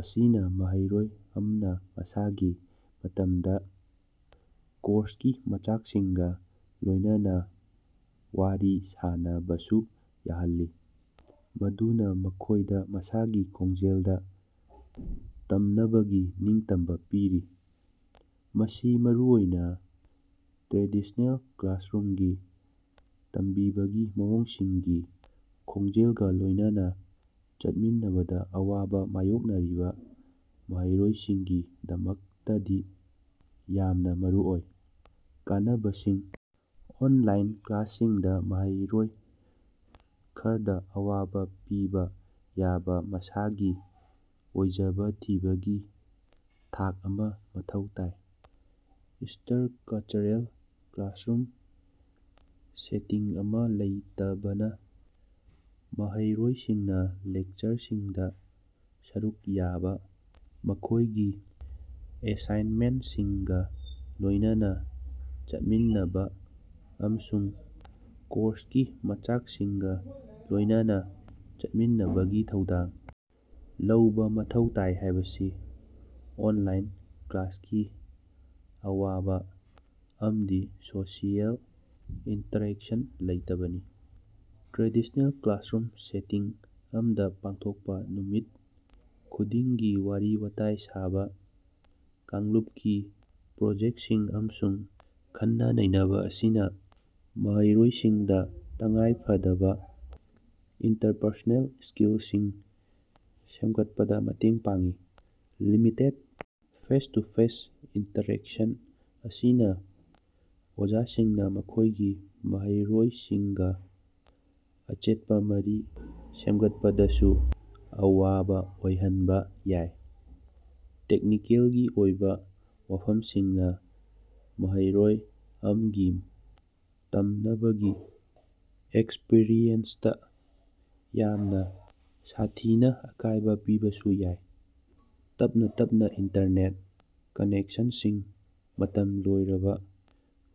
ꯑꯁꯤꯅꯥ ꯃꯍꯩꯔꯣꯏ ꯑꯃꯅꯥ ꯃꯁꯥꯒꯤ ꯃꯇꯝꯗꯥ ꯀꯣꯔꯁꯀꯤ ꯃꯆꯥꯛꯁꯤꯡꯒꯥ ꯂꯣꯏꯅꯅꯥ ꯋꯥꯔꯤ ꯁꯥꯅꯕꯁꯨ ꯌꯥꯍꯜꯂꯤ, ꯃꯗꯨꯅꯥ ꯃꯈꯣꯏꯗꯥ ꯃꯁꯥꯒꯤ ꯈꯣꯡꯖꯦꯜꯗꯥ ꯇꯝꯅꯕꯒꯤ ꯅꯤꯡꯇꯝꯕꯥ ꯄꯤꯔꯤ꯫ ꯃꯁꯤ ꯃꯔꯨꯑꯣꯏꯅꯥ ꯇ꯭ꯔꯦꯗꯤꯁꯅꯦꯜ ꯀ꯭ꯂꯥꯁꯔꯨꯝꯒꯤ ꯇꯝꯕꯤꯕꯒꯤ ꯃꯑꯣꯡꯁꯤꯡꯒꯤ ꯈꯣꯡꯖꯦꯜꯒꯥ ꯂꯣꯏꯅꯅꯥ ꯆꯠꯃꯤꯟꯅꯕꯗꯥ ꯑꯋꯥꯕꯥ ꯃꯥꯌꯣꯛꯅꯔꯤꯕꯥ ꯃꯍꯩꯔꯣꯏꯁꯤꯡꯒꯤꯗꯃꯛꯇꯗꯤ ꯌꯥꯝꯅꯥ ꯃꯔꯨꯑꯣꯏ꯫ ꯀꯥꯟꯅꯕꯁꯤꯡ: ꯑꯣꯟꯂꯥꯏꯟ ꯀ꯭ꯂꯥꯁꯁꯤꯡꯗꯥ ꯃꯍꯩꯔꯣꯏ ꯈꯔꯗꯥ ꯑꯋꯥꯕꯥ ꯄꯤꯕꯥ ꯌꯥꯕꯥ ꯃꯁꯥꯒꯤ ꯑꯣꯏꯖꯕꯥ ꯊꯤꯕꯒꯤ ꯊꯥꯛ ꯑꯃꯥ ꯃꯊꯧ ꯇꯥꯏ꯫ ꯏꯁ꯭ꯠꯔꯀꯆꯔꯦꯜ ꯀ꯭ꯂꯥꯁꯔꯨꯝ ꯁꯦꯇꯤꯡ ꯑꯃꯥ ꯂꯩꯇꯕꯅꯥ ꯃꯍꯩꯔꯣꯏꯁꯤꯡꯅꯥ ꯂꯦꯛꯆꯔꯁꯤꯡꯗꯥ ꯁꯔꯨꯛ ꯌꯥꯕꯥ, ꯃꯈꯣꯏꯒꯤ ꯑꯦꯁꯥꯏꯟꯃꯦꯟꯇꯁꯤꯡꯒꯥ ꯂꯣꯏꯅꯅꯥ ꯆꯠꯃꯤꯟꯅꯕꯥ ꯑꯃꯁꯨꯡ ꯀꯣꯔꯁꯀꯤ ꯃꯆꯥꯛꯁꯤꯡꯒꯥ ꯂꯣꯏꯅꯅꯥ ꯆꯠꯃꯤꯟꯅꯕꯒꯤ ꯊꯧꯗꯥꯡ ꯂꯧꯕꯥ ꯃꯊꯧ ꯇꯥꯏ ꯍꯥꯏꯕꯅꯤ꯫ ꯑꯣꯟꯂꯥꯏꯟ ꯀ꯭ꯂꯥꯁꯀꯤ ꯑꯋꯥꯕꯥ ꯑꯃꯗꯤ ꯁꯣꯁꯤꯑꯦꯜ ꯏꯟꯇꯔꯦꯛꯁꯟ ꯂꯩꯇꯕꯅꯤ꯫ ꯇ꯭ꯔꯦꯗꯤꯁꯅꯦꯜ ꯀ꯭ꯂꯥꯁꯔꯨꯝ ꯁꯦꯇꯤꯡ ꯑꯃꯗꯥ ꯄꯥꯡꯊꯣꯛꯄꯥ ꯅꯨꯃꯤꯠ ꯈꯨꯗꯤꯡꯒꯤ ꯋꯥꯔꯤ-ꯋꯥꯇꯥꯏ ꯁꯥꯕꯥ, ꯀꯥꯡꯂꯨꯄꯀꯤ ꯄ꯭ꯔꯣꯖꯦꯛꯇꯁꯤꯡ ꯑꯃꯁꯨꯡ ꯈꯟꯅ-ꯅꯩꯅꯕꯥ ꯑꯁꯤꯅꯥ ꯃꯍꯩꯔꯣꯏꯁꯤꯡꯗꯥ ꯇꯉꯥꯏꯐꯗꯕꯥ ꯏꯟꯇꯔꯄꯔꯁꯣꯅꯦꯜ ꯁ꯭ꯀꯤꯜꯁꯤꯡ ꯁꯦꯝꯒꯠꯄꯗꯥ ꯃꯇꯦꯡ ꯄꯥꯡꯏ꯫ ꯂꯤꯃꯤꯇꯦꯗ ꯐꯦꯁ-ꯇꯨ-ꯐꯦꯁ ꯏꯟꯇꯔꯦꯛꯁꯟ ꯑꯁꯤꯅꯥ ꯑꯣꯖꯥꯁꯤꯡꯅꯥ ꯃꯈꯣꯏꯒꯤ ꯃꯍꯩꯔꯣꯏꯁꯤꯡꯒꯥ ꯑꯆꯦꯠꯄꯥ ꯃꯔꯤ ꯁꯦꯝꯒꯠꯄꯗꯁꯨ ꯑꯋꯥꯕꯥ ꯑꯣꯏꯍꯟꯕꯥ ꯌꯥꯏ꯫ ꯇꯦꯛꯅꯤꯀꯦꯜꯒꯤ ꯑꯣꯏꯕꯥ ꯋꯥꯐꯝꯁꯤꯡꯅꯥ ꯃꯍꯩꯔꯣꯏ ꯑꯃꯒꯤ ꯇꯝꯅꯕꯒꯤ ꯑꯦꯛꯁꯄꯔꯤꯌꯦꯟꯁꯇꯥ ꯌꯥꯝꯅꯥ ꯁꯥꯊꯤꯅꯥ ꯑꯀꯥꯏꯕꯥ ꯄꯤꯕꯁꯨ ꯌꯥꯏ꯫ ꯇꯞꯅꯥ ꯇꯞꯅꯥ ꯏꯟꯇꯔꯅꯦꯠ ꯀꯅꯦꯛꯁꯟꯁꯤꯡ, ꯃꯇꯝ ꯂꯣꯏꯔꯕꯥ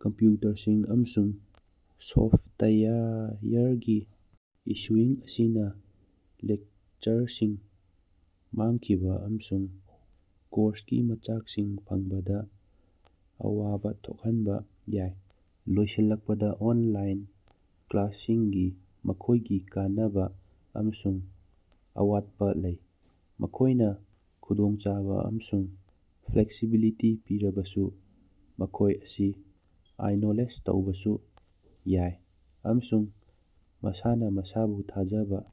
ꯀꯝꯞꯌꯨꯇꯔꯁꯤꯡ, ꯑꯃꯁꯨꯡ ꯁꯣꯐꯇꯋꯥꯌꯔꯒꯤ ꯏꯁꯨꯁꯤꯡ ꯑꯁꯤꯅꯥ ꯂꯦꯛꯆꯔꯁꯤꯡ ꯃꯥꯡꯈꯤꯕꯥ ꯑꯃꯁꯨꯡ ꯀꯣꯔꯁꯀꯤ ꯃꯆꯥꯛꯁꯤꯡ ꯐꯪꯕꯗꯥ ꯑꯋꯥꯕꯥ ꯊꯣꯛꯍꯟꯕꯥ ꯌꯥꯏ꯫ ꯂꯣꯏꯁꯤꯜꯂꯛꯄꯗꯥ, ꯑꯣꯟꯂꯥꯏꯟ ꯀ꯭ꯂꯥꯁꯁꯤꯡꯒꯤ ꯃꯈꯣꯏꯒꯤ ꯀꯥꯟꯅꯕꯥ ꯑꯃꯁꯨꯡ ꯑꯋꯥꯠꯄꯥ ꯂꯩ꯫ ꯃꯈꯣꯏꯅꯥ ꯈꯨꯗꯣꯡꯆꯥꯕꯥ ꯑꯃꯁꯨꯡ ꯐ꯭ꯂꯦꯛꯁꯤꯕꯤꯂꯤꯇꯤ ꯄꯤꯔꯕꯁꯨ, ꯃꯈꯣꯏ ꯑꯁꯤ ꯑꯥꯏꯁꯣꯂꯦꯠ ꯇꯧꯕꯁꯨ ꯌꯥꯏ ꯑꯃꯁꯨꯡ ꯃꯁꯥꯅꯥ ꯃꯁꯥꯕꯨ ꯊꯥꯖꯖꯕꯥ